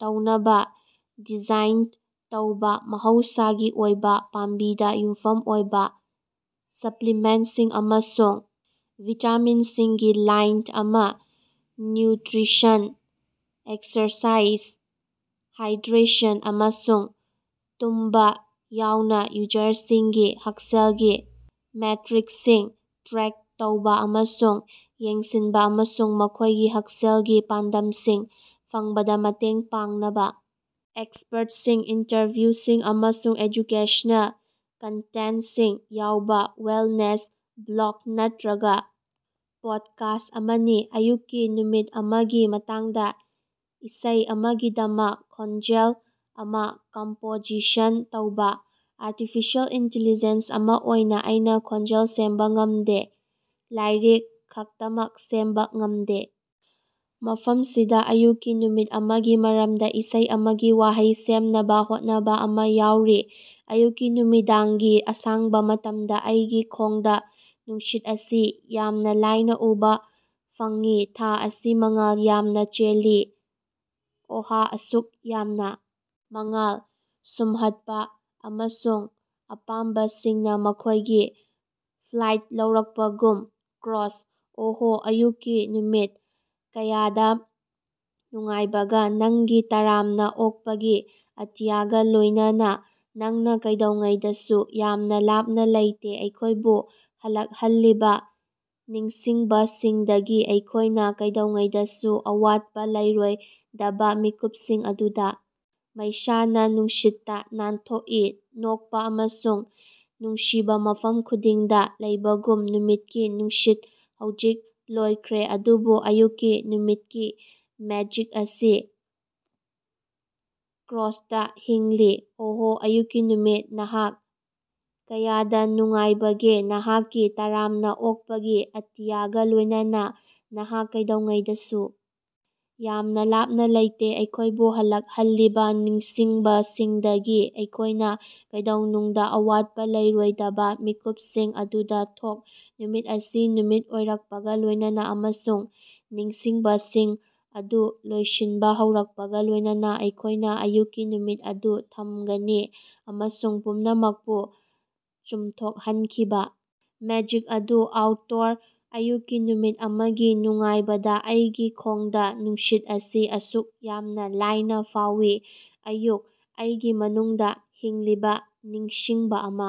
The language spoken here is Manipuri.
ꯇꯧꯅꯕ ꯗꯤꯖꯥꯏꯟ ꯇꯧꯕ ꯃꯍꯧꯁꯥꯒꯤ ꯑꯣꯏꯕ, ꯄꯥꯝꯕꯤꯗ ꯌꯨꯝꯐꯝ ꯑꯣꯏꯕ ꯁꯄ꯭ꯂꯤꯃꯦꯟꯇꯁꯤꯡ ꯑꯃꯁꯨꯡ ꯚꯤꯇꯥꯃꯤꯟꯁꯤꯡꯒꯤ ꯂꯥꯏꯟ ꯑꯃ, ꯅ꯭ꯌꯨꯇꯔꯤꯁꯟ, ꯑꯦꯛꯁꯔꯁꯥꯏꯖ, ꯍꯥꯏꯗ꯭ꯔꯦꯁꯟ, ꯑꯃꯁꯨꯡ ꯇꯨꯝꯕ ꯌꯥꯎꯅ ꯌꯨꯖꯔꯁꯤꯡꯒꯤ ꯍꯛꯁꯦꯜꯒꯤ ꯃꯦꯇꯔꯤꯛꯁꯤꯡ ꯇ꯭ꯔꯦꯛ ꯇꯧꯕ ꯑꯃꯁꯨꯡ ꯌꯦꯡꯁꯤꯟꯕ ꯑꯃꯁꯨꯡ ꯃꯈꯣꯏꯒꯤ ꯍꯛꯁꯦꯜꯒꯤ ꯄꯥꯟꯗꯝꯁꯤꯡ ꯐꯪꯕꯗ ꯃꯇꯦꯡ ꯄꯥꯡꯅꯕ ꯑꯦꯛꯁꯄ꯭ꯔꯠꯁꯤꯡ, ꯏꯟꯇꯔꯚ꯭ꯌꯨꯁꯤꯡ, ꯑꯃꯁꯨꯡ ꯑꯦꯖꯨꯀꯦꯁꯅꯦꯜ ꯀꯟꯇꯦꯟꯇꯁꯤꯡ ꯌꯥꯎꯕ ꯋꯦꯜꯅꯦꯁ ꯕ꯭ꯂꯣꯒ ꯅꯠꯇꯔꯒ ꯄꯣꯗꯀꯥꯁ꯭ꯠ ꯑꯃꯅꯤ꯫ ꯑꯌꯨꯛꯀꯤ ꯅꯨꯃꯤꯠ ꯑꯃꯒꯤ ꯃꯇꯥꯡꯗ ꯏꯁꯩ ꯑꯃꯒꯤꯗꯃꯛ ꯈꯣꯟꯖꯦꯜ ꯑꯃ ꯀꯝꯄꯣꯖꯤꯁꯟ ꯇꯧꯕ꯫ ꯑꯥꯔꯇꯤꯐꯤꯁꯤꯑꯦꯜ ꯏꯟꯇꯤꯂꯤꯖꯦꯟꯁ ꯑꯃ ꯑꯣꯏꯅ ꯑꯩꯅ ꯈꯣꯟꯖꯦꯜ ꯁꯦꯝꯕ ꯉꯃꯗꯦ, ꯂꯥꯏꯔꯤꯛ ꯈꯛꯇꯃꯛ ꯁꯦꯝꯕ ꯉꯝꯗꯦ꯫ ꯃꯐꯝꯁꯤꯗ ꯑꯌꯨꯛꯀꯤ ꯅꯨꯃꯤꯠ ꯑꯃꯒꯤ ꯃꯔꯝꯗ ꯏꯁꯩ ꯑꯃꯒꯤ ꯋꯥꯍꯩ ꯁꯦꯝꯅꯕ‌ ꯍꯣꯠꯅꯕ ꯑꯃ ꯌꯥꯎꯔꯤ - ꯑꯌꯨꯛꯀꯤ ꯅꯨꯃꯤꯗꯥꯡꯒꯤ ꯑꯁꯥꯡꯕ ꯃꯇꯝꯗ ꯑꯩꯒꯤ ꯈꯣꯡꯗ ꯅꯨꯡꯁꯤꯠ ꯑꯁꯤ ꯌꯥꯝꯅ ꯂꯥꯏꯅ ꯎꯕꯥ ꯐꯪꯏ ꯊꯥ ꯑꯁꯤ ꯃꯉꯥꯜ ꯌꯥꯝꯅ ꯆꯦꯜꯂꯤ ꯑꯣꯍ ꯑꯁꯨꯛ ꯌꯥꯝꯅ ꯃꯉꯥꯜ ꯁꯨꯝꯍꯠꯄ ꯑꯃꯁꯨꯡ ꯑꯄꯥꯝꯕꯁꯤꯡꯅ ꯃꯈꯣꯏꯒꯤ ꯐ꯭ꯂꯥꯏꯠ ꯂꯧꯔꯛꯄꯒꯨꯝ ꯀꯣꯔꯁ - ꯑꯣꯍ ꯑꯌꯨꯛꯀꯤ ꯅꯨꯃꯤꯠ, ꯀꯌꯥꯗ ꯅꯨꯡꯉꯥꯏꯕꯒꯦ ꯅꯪꯒꯤ ꯇꯔꯥꯝꯅ ꯑꯣꯛꯄꯒꯤ ꯑꯇꯤꯌꯥꯒ ꯂꯣꯏꯅꯅ ꯅꯪꯅ ꯀꯩꯗꯧꯉꯩꯗꯁꯨ ꯌꯥꯝꯅ ꯂꯥꯞꯅ ꯂꯩꯇꯦ ꯑꯩꯈꯣꯏꯕꯨ ꯍꯜꯂꯛꯍꯜꯂꯤꯕ ꯅꯤꯡꯁꯤꯡꯕꯁꯤꯡꯗꯒꯤ ꯑꯩꯈꯣꯏꯅ ꯀꯩꯗꯧꯉꯩꯗꯁꯨ ꯑꯋꯥꯠꯄ ꯂꯩꯔꯣꯏꯗꯕ ꯃꯤꯀꯨꯞꯁꯤꯡ ꯑꯗꯨꯗ ꯃꯩꯁꯥꯅ ꯅꯨꯡꯁꯤꯠꯇ ꯅꯥꯟꯊꯣꯛꯏ ꯅꯣꯛꯄ ꯑꯃꯁꯨꯡ ꯅꯨꯡꯁꯤꯕ ꯃꯐꯝ ꯈꯨꯗꯤꯡꯗ ꯂꯩꯕꯒꯨꯝ ꯅꯨꯃꯤꯠꯀꯤ ꯅꯨꯡꯁꯤꯠ ꯍꯧꯖꯤꯛ ꯂꯣꯏꯈ꯭ꯔꯦ ꯑꯗꯨꯕꯨ ꯑꯌꯨꯛꯀꯤ ꯅꯨꯃꯤꯠꯀꯤ ꯃꯦꯖꯤꯛ ꯑꯁꯤ ꯀꯣꯔꯁꯇꯥ ꯍꯤꯡꯂꯤ - ꯑꯣꯍ ꯑꯌꯨꯛꯀꯤ ꯅꯨꯃꯤꯠ, ꯅꯍꯥꯛ ꯀꯌꯥꯗꯅꯨꯡꯉꯥꯏꯕꯒꯦ ꯅꯍꯥꯛꯀꯤ ꯇꯔꯥꯝꯅ ꯑꯣꯛꯄꯒꯤ ꯑꯇꯤꯌꯥꯒ ꯂꯣꯏꯅꯅ, ꯅꯍꯥꯛ ꯀꯩꯗꯧꯉꯩꯗꯁꯨ ꯌꯥꯝꯅ ꯂꯥꯞꯅ ꯂꯩꯇꯦ ꯑꯩꯈꯣꯏꯕꯨ ꯍꯜꯂꯛꯍꯜꯂꯤꯕ ꯅꯤꯡꯁꯤꯡꯕꯁꯤꯡꯗꯒꯤ ꯑꯩꯈꯣꯏꯅ ꯀꯩꯗꯧꯅꯨꯡꯗ ꯑꯋꯥꯠꯄ ꯂꯩꯔꯣꯏꯗꯕ ꯃꯤꯀꯨꯞꯁꯤꯡ ꯑꯗꯨꯗ ꯊꯣꯡ - ꯅꯨꯃꯤꯠ ꯑꯁꯤ ꯅꯨꯃꯤꯠ ꯑꯣꯏꯔꯛꯄꯒ ꯂꯣꯏꯅꯅ ꯑꯃꯁꯨꯡ ꯅꯤꯡꯁꯤꯡꯕꯁꯤꯡ ꯑꯗꯨ ꯂꯣꯏꯁꯤꯟꯕ ꯍꯧꯔꯛꯄꯒ ꯂꯣꯏꯅꯅ ꯑꯩꯈꯣꯏꯅ ꯑꯌꯨꯛꯀꯤ ꯅꯨꯃꯤꯠ ꯑꯗꯨ ꯊꯝꯒꯅꯤ ꯑꯃꯁꯨꯡ ꯄꯨꯝꯅꯃꯛꯄꯨ ꯆꯨꯝꯊꯣꯛꯍꯟꯈꯤꯕ ꯃꯦꯖꯤꯛ ꯑꯗꯨ ꯑꯥꯎꯇꯔꯣ - ꯑꯌꯨꯛꯀꯤ ꯅꯨꯃꯤꯠ ꯑꯃꯒꯤ ꯅꯨꯡꯉꯥꯏꯕꯗ ꯑꯩꯒꯤ ꯈꯣꯡꯗꯥ ꯅꯨꯡꯁꯤꯠ ꯑꯁꯤ ꯑꯁꯨꯛ ꯌꯥꯝꯅ ꯂꯥꯏꯅ ꯐꯥꯎꯏ ꯑꯌꯨꯛ ꯑꯩꯒꯤ ꯃꯅꯨꯡꯗ ꯍꯤꯡꯂꯤꯕ ꯅꯤꯡꯁꯤꯡꯕ ꯑꯃ꯫